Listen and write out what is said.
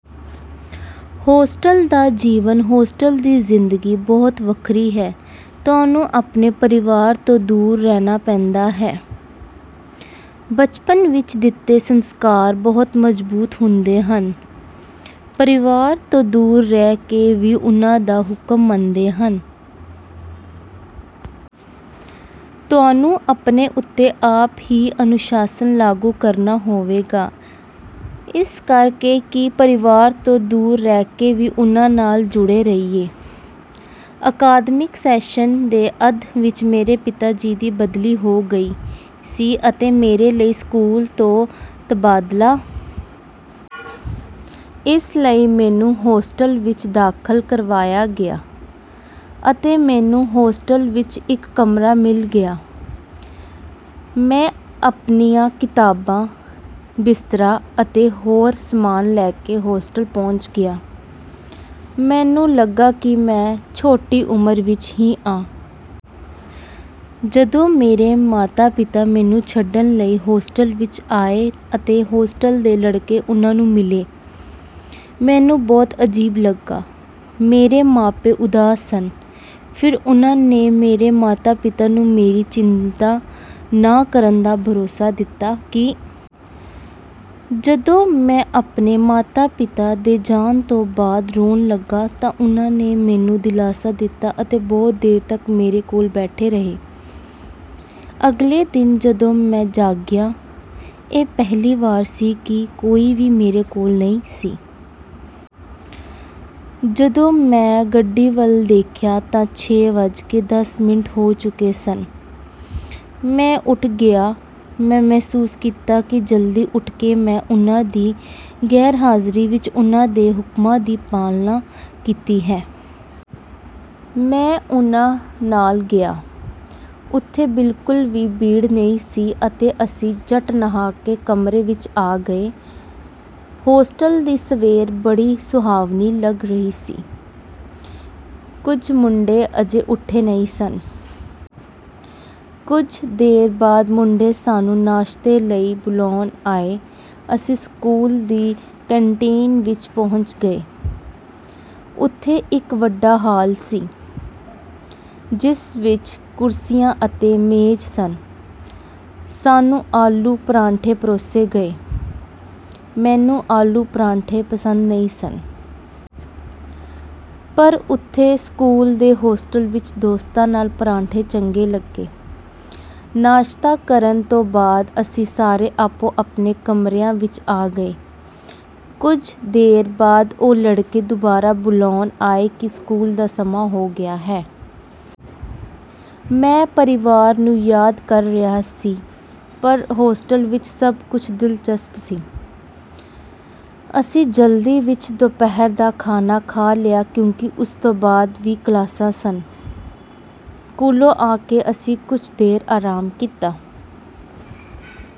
Hostel ਦਾ ਜੀਵਨ hostel ਦੀ ਜ਼ਿੰਦਗੀ ਬਹੁਤ ਵੱਖਰੀ ਹੈ ਤੁਹਾਨੂੰ ਆਪਣੇ ਪਰਿਵਾਰ ਤੋਂ ਦੂਰ ਰਹਿਣਾ ਪੈਂਦਾ ਹੈ। ਬਚਪਨ ਵਿੱਚ ਦਿੱਤੇ ਸੰਸਕਾਰ ਬਹੁਤ ਮਜ਼ਬੂਤ ਹੁੰਦੇ ਹਨ। ਪਰਿਵਾਰ ਤੋਂ ਦੂਰ ਰਹਿ ਕੇ ਵੀ ਉਨ੍ਹਾਂ ਦਾ ਹੁਕਮ ਮੰਨਦੇ ਹਨ। ਤੁਹਾਨੂੰ ਆਪਣੇ ਉੱਤੇ ਆਪ ਹੀ ਅਨੁਸ਼ਾਸਨ ਲਾਗੂ ਕਰਨਾ ਹੋਵੇਗਾ। ਇਸ ਕਰ ਕੇ ਕਿ ਪਰਿਵਾਰ ਤੋਂ ਦੂਰ ਰਹਿ ਕੇ ਵੀ ਉਨ੍ਹਾਂ ਨਾਲ ਜੁੜੇ ਰਹੀਏ। ਅਕਾਦਮਿਕ ਸੈਸ਼ਨ ਦੇ ਅੱਧ ਵਿਚ ਮੇਰੇ ਪਿਤਾ ਜੀ ਦੀ ਬਦਲੀ ਹੋ ਗਈ ਸੀ ਅਤੇ ਮੇਰੇ ਲਈ ਸਕੂਲ ਤੋਂ ਤਬਾਦਲਾ ਪੱਤਰ ਲੈਣਾ ਸੰਭਵ ਨਹੀਂ ਸੀ। ਇਸ ਲਈ ਮੈਨੂੰ ਹੋਸਟਲ ਵਿੱਚ ਦਾਖਲ ਕਰਵਾਇਆ ਗਿਆ। ਅਤੇ ਮੈਨੂੰ ਹੋਸਟਲ ਵਿੱਚ ਇੱਕ ਕਮਰਾ ਮਿਲ ਗਿਆ। ਮੈਂ ਆਪਣੀਆਂ ਕਿਤਾਬਾਂ, ਬਿਸਤਰਾ ਅਤੇ ਹੋਰ ਸਮਾਨ ਲੈ ਕੇ ਹੋਸਟਲ ਪਹੁੰਚ ਗਿਆ। ਮੈਨੂੰ ਲੱਗਾ ਕਿ ਮੈਂ ਛੋਟੀ ਉਮਰ ਵਿੱਚ ਹੀ ਆਪਣੇ ਪਰਿਵਾਰ ਤੋਂ ਸੁਤੰਤਰ ਅਤੇ ਆਤਮਨਿਰਭਰ ਹੋ ਗਿਆ ਹਾਂ। ਜਦੋਂ ਮੇਰੇ ਮਾਤਾ-ਪਿਤਾ ਮੈਨੂੰ ਛੱਡਣ ਲਈ ਹੋਸਟਲ ਵਿੱਚ ਆਏ ਅਤੇ ਹੋਸਟਲ ਦੇ ਲੜਕੇ ਉਨ੍ਹਾਂ ਨੂੰ ਮਿਲੇ। ਮੈਨੂੰ ਬਹੁਤ ਅਜੀਬ ਲੱਗਾ। ਮੇਰੇ ਮਾਪੇ ਉਦਾਸ ਸਨ। ਫਿਰ ਉਹਨਾਂ ਨੇ ਮੇਰੇ ਮਾਤਾ-ਪਿਤਾ ਨੂੰ ਮੇਰੀ ਚਿੰਤਾ ਨਾ ਕਰਨ ਦਾ ਭਰੋਸਾ ਦਿੱਤਾ ਕਿ ਉਹ ਮੇਰਾ ਪੂਰਾ ਧਿਆਨ ਰੱਖਣਗੇ। ਜਦੋਂ ਮੈਂ ਆਪਣੇ ਮਾਤਾ-ਪਿਤਾ ਦੇ ਜਾਣ ਤੋਂ ਬਾਅਦ ਰੋਣ ਲੱਗਾ ਤਾਂ ਉਨ੍ਹਾਂ ਨੇ ਮੈਨੂੰ ਦਿਲਾਸਾ ਦਿੱਤਾ ਅਤੇ ਬਹੁਤ ਦੇਰ ਤੱਕ ਮੇਰੇ ਕੋਲ ਬੈਠੇ ਰਹੇ। ਅਗਲੇ ਦਿਨ ਜਦੋਂ ਮੈਂ ਜਾਗਿਆ, ਇਹ ਪਹਿਲੀ ਵਾਰ ਸੀ ਕਿ ਕੋਈ ਵੀ ਮੇਰੇ ਕੋਲ ਨਹੀਂ ਸੀ। ਜਦੋਂ ਮੈਂ ਘੜੀ ਵੱਲ ਦੇਖਿਆ ਤਾਂ ਛੇ ਵੱਜ ਕੇ ਦਸ ਮਿੰਟ ਹੋ ਚੁੱਕੇ ਸਨ। ਮੈਂ ਉਠ ਗਿਆ ਮੈਂ ਮਹਿਸੂਸ ਕੀਤਾ ਕਿ ਜਲਦੀ ਉੱਠ ਕੇ ਮੈਂ ਉਹਨਾਂ ਦੀ ਗੈਰਹਾਜ਼ਰੀ ਵਿੱਚ ਉਹਨਾਂ ਦੇ ਹੁਕਮਾਂ ਦੀ ਪਾਲਣਾ ਕੀਤੀ ਹੈ। ਮੈਂ ਉਨ੍ਹਾਂ ਨਾਲ ਗਿਆ। ਉੱਥੇ ਬਿਲਕੁਲ ਵੀ ਭੀੜ ਨਹੀਂ ਸੀ ਅਤੇ ਅਸੀਂ ਝੱਟ ਨਹਾ ਕੇ ਕਮਰੇ ਵਿੱਚ ਆ ਗਏ। ਹੋਸਟਲ ਦੀ ਸਵੇਰ ਬੜੀ ਸੁਹਾਵਣੀ ਲੱਗ ਰਹੀ ਸੀ। ਕੁਝ ਮੁੰਡੇ ਅਜੇ ਉਠੇ ਨਹੀਂ ਸਨ। ਕੁਝ ਦੇਰ ਬਾਅਦ ਮੁੰਡੇ ਸਾਨੂੰ ਨਾਸ਼ਤੇ ਲਈ ਬੁਲਾਉਣ ਆਏ। ਅਸੀਂ ਸਕੂਲ ਦੀ ਕੰਟੀਨ ਵਿੱਚ ਪਹੁੰਚ ਗਏ। ਉੱਥੇ ਇੱਕ ਵੱਡਾ ਹਾਲ ਸੀ। ਜਿਸ ਵਿੱਚ ਕੁਰਸੀਆਂ ਅਤੇ ਮੇਜ਼ ਸਨ। ਸਾਨੂੰ ਆਲੂ ਪਰਾਠੇ ਪਰੋਸੇ ਗਏ। ਮੈਨੂੰ ਆਲੂ ਪਰਾਠੇ ਪਸੰਦ ਨਹੀਂ ਸਨ। ਪਰ ਉਥੇ ਸਕੂਲ ਦੇ ਹੋਸਟਲ ਵਿਚ ਦੋਸਤਾਂ ਨਾਲ ਪਰਾਠੇ ਚੰਗੇ ਲੱਗੇ। ਨਾਸ਼ਤਾ ਕਰਨ ਤੋਂ ਬਾਅਦ ਅਸੀਂ ਸਾਰੇ ਆਪੋ-ਆਪਣੇ ਕਮਰਿਆਂ ਵਿਚ ਆ ਗਏ। ਕੁਝ ਦੇਰ ਬਾਅਦ ਉਹ ਲੜਕੇ ਦੁਬਾਰਾ ਬੁਲਾਉਣ ਆਏ ਕਿ ਸਕੂਲ ਦਾ ਸਮਾਂ ਹੋ ਗਿਆ ਹੈ। ਮੈਂ ਪਰਿਵਾਰ ਨੂੰ ਯਾਦ ਕਰ ਰਿਹਾ ਸੀ ਪਰ ਹੋਸਟਲ ਵਿੱਚ ਸਭ ਕੁਝ ਦਿਲਚਸਪ ਸੀ। ਅਸੀਂ ਜਲਦੀ ਵਿਚ ਦੁਪਹਿਰ ਦਾ ਖਾਣਾ ਖਾ ਲਿਆ ਕਿਉਂਕਿ ਉਸ ਤੋਂ ਬਾਅਦ ਵੀ ਕਲਾਸਾਂ ਸਨ। ਸਕੂਲੋਂ ਆ ਕੇ ਅਸੀਂ ਕੁਝ ਦੇਰ ਆਰਾਮ ਕੀਤਾ।